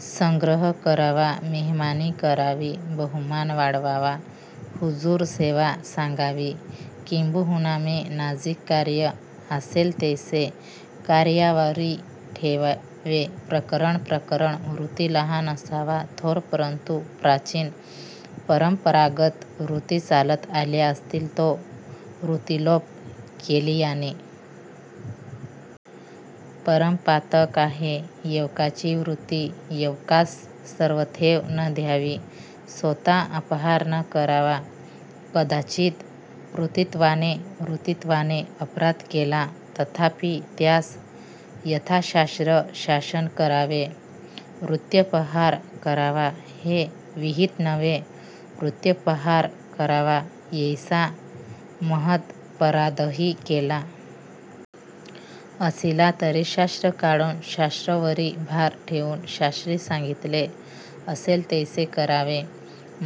संग्रह करावा मेहमानी करावी बहुमान वाढवावा हुजूर सेवा सांगावी किंबहुना में नाजूक कार्य आसेल तैसे कार्यावरी ठेवावे प्रकरण प्रकरण वृत्ति लाहन अथवा थोर परंतु प्राचीन परंपरागत वृत्ति चालत आल्या असतील तो वृत्तिलोप केलियाने परम पातक आहे येकाची वृत्ति येकास सर्वथैव न द्यावी स्वतां अपहार न करावा कदाचित् वृत्तिवंताने वृत्तिवंताने अपराध केला तथापि त्यास यथाशास्त्र शासन करावें वृत्यपहार करावा हें विहित नव्हे वृत्यापहार करावा यैसा महदपराधहि केला असिला तरी शास्त्र काढून शास्त्रावरी भार ठेऊन शास्त्रीं सांगितलें असेल तैसें करावें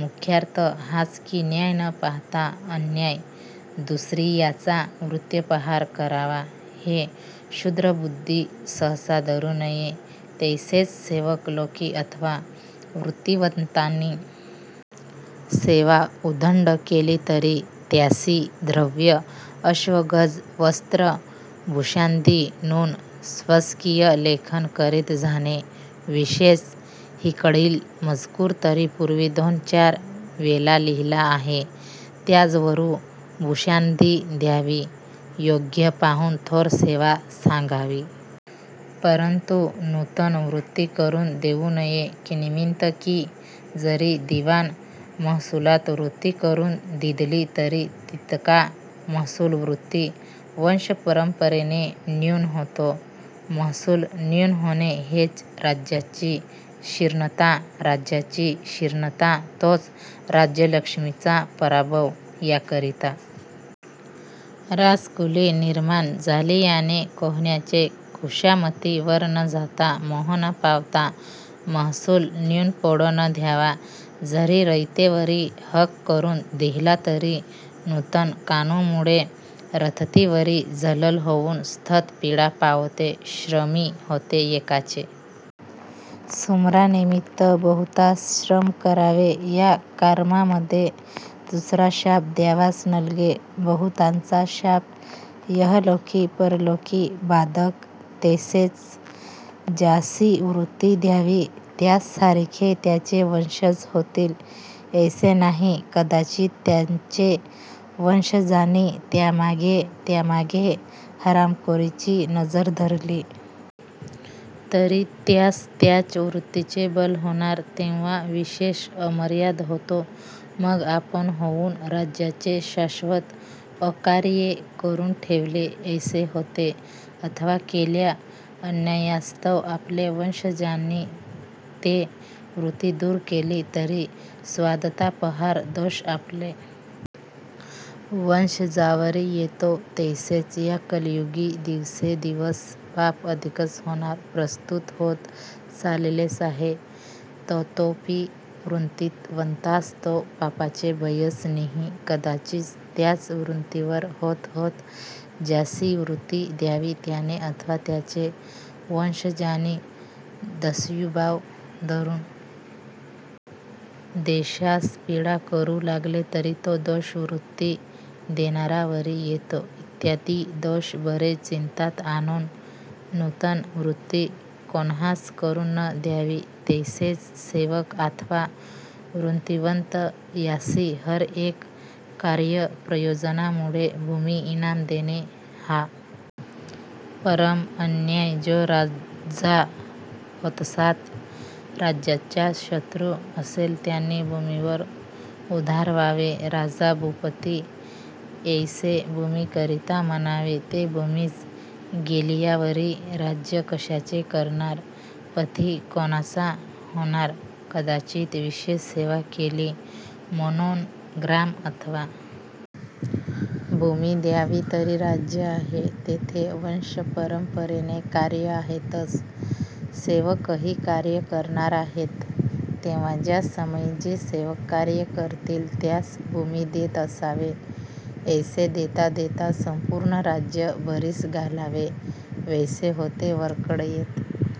मुख्यार्थ हाच कीं न्याय न पाहतां अन्याय दुसरीयाचा वृत्यपहार करावा हे क्षुद्र बुद्धि सहसा धरूं नये तैसेंच सेवक लोकीं अथवा वृत्तिवंतांनी सेवा उदंड केली तरी त्यांसी द्रव्य अश्व गज वस्त्र भूषणादि णून स्वकीय लेखन करीत जाणे विशेष हिकडील मजकूर तरी पूर्वी दोन च्यार वेला लिहिला आहे त्याजवरू भूषणादि द्यावी योग्य पाहून थोर सेवा सांगावी परंतु नूतन वृत्ति करून देऊं नये किंनीमित्त की जरी दिवाण महसुलात वृत्ति करुन दिधली तरी तितका महसूल वृत्ति वंशपरंपरेनें न्यून होतो महसूल न्यून होणे हेच राज्याची शीर्णता राज्याची शीर्णता तोच राज्यलक्ष्मीचा पराभव याकरितां राजकुलीं निर्माण जालियाने कोण्हाचे खुषामती वर न जातां मोह न पावतां महसूल न्यून पडों न द्यावा जरी रयतेवरी हक करून दिल्हा तरी नूतन कानूमुळें रथतीवरी जलल होऊन स्थत पीडा पावते श्रमी होते येकाचे सुम्रानिमित्त बहुतांस श्रम करावे या कर्मामध्यें दूसरा शाप द्यावाच नलगे बहुतांचा शाप यहलोकी परलोकीं बाधक तैसेच ज्यासी वृत्ति द्यावी त्याचसारिखे त्याचे वंशज होतील ऐसें नाही कदाचित् त्याचे वंशजांनी त्यांमागें त्यांमागें हरामखोरीची नजर धरली तरी त्यास त्याच वृत्तीचें बल होणार तेव्हां विशेष अमर्याद होतो मग आपण होऊन राज्याचे शाश्वत अकार्ये करून ठेविलें यैसें होते अथवा केल्या अन्यायास्तव आपले वंशजांनी ते वृत्ति दूर केली तरी स्वदतापहार दोष आपले वंशजांवरी येतो तैसेंच या कलयुगीं दिवसेंदिवस पाप अधिकच होणार प्रस्तुत होत चाललेंच आहे ततोपी वृत्तिवंतास तों पापाचें भयच नींही कदाचित् त्याच वृत्तीवर होत होत ज्यासी वृत्ति द्यावी त्याणे अथवा त्याचे वंशजांनी दस्युभाव धरून देशास पीडा करूं लागले तरी तो दोष वृत्ति देणारावरी येतो इत्यादि दोष बरे चित्तात आणून नूतन वृत्ति कोण्हास करून न द्यावी तैसेच सेवक आथवा वृत्तिवंत यांसी हर येक कार्यप्रयोजनामुळे भूमि इनाम देणें हा परम अन्याय जो राजा होत्साता राज्याचा शत्रु असेल त्याणी भूमीवर उदार व्हावे राजा भूपति यैसें भूमीकरितां म्हणावें ते भूमीच गेलियावरी राज्य कशाचे करणार पति कोण्हाचा होणार कदाचित् विशेष सेवा केली म्हणौन ग्राम अथवा भूमी द्यावी तरी राज्य आहे तेथे वंशपरंपरेने कार्यें आहेतच सेवकही कार्ये करणार आहेत तेव्हा ज्या समई जे सेवक कार्ये करितील त्यास भूमि देत असावे यैसे देता देता संपूर्ण राज्य भरीस घालावे वैसे होते वरकड येत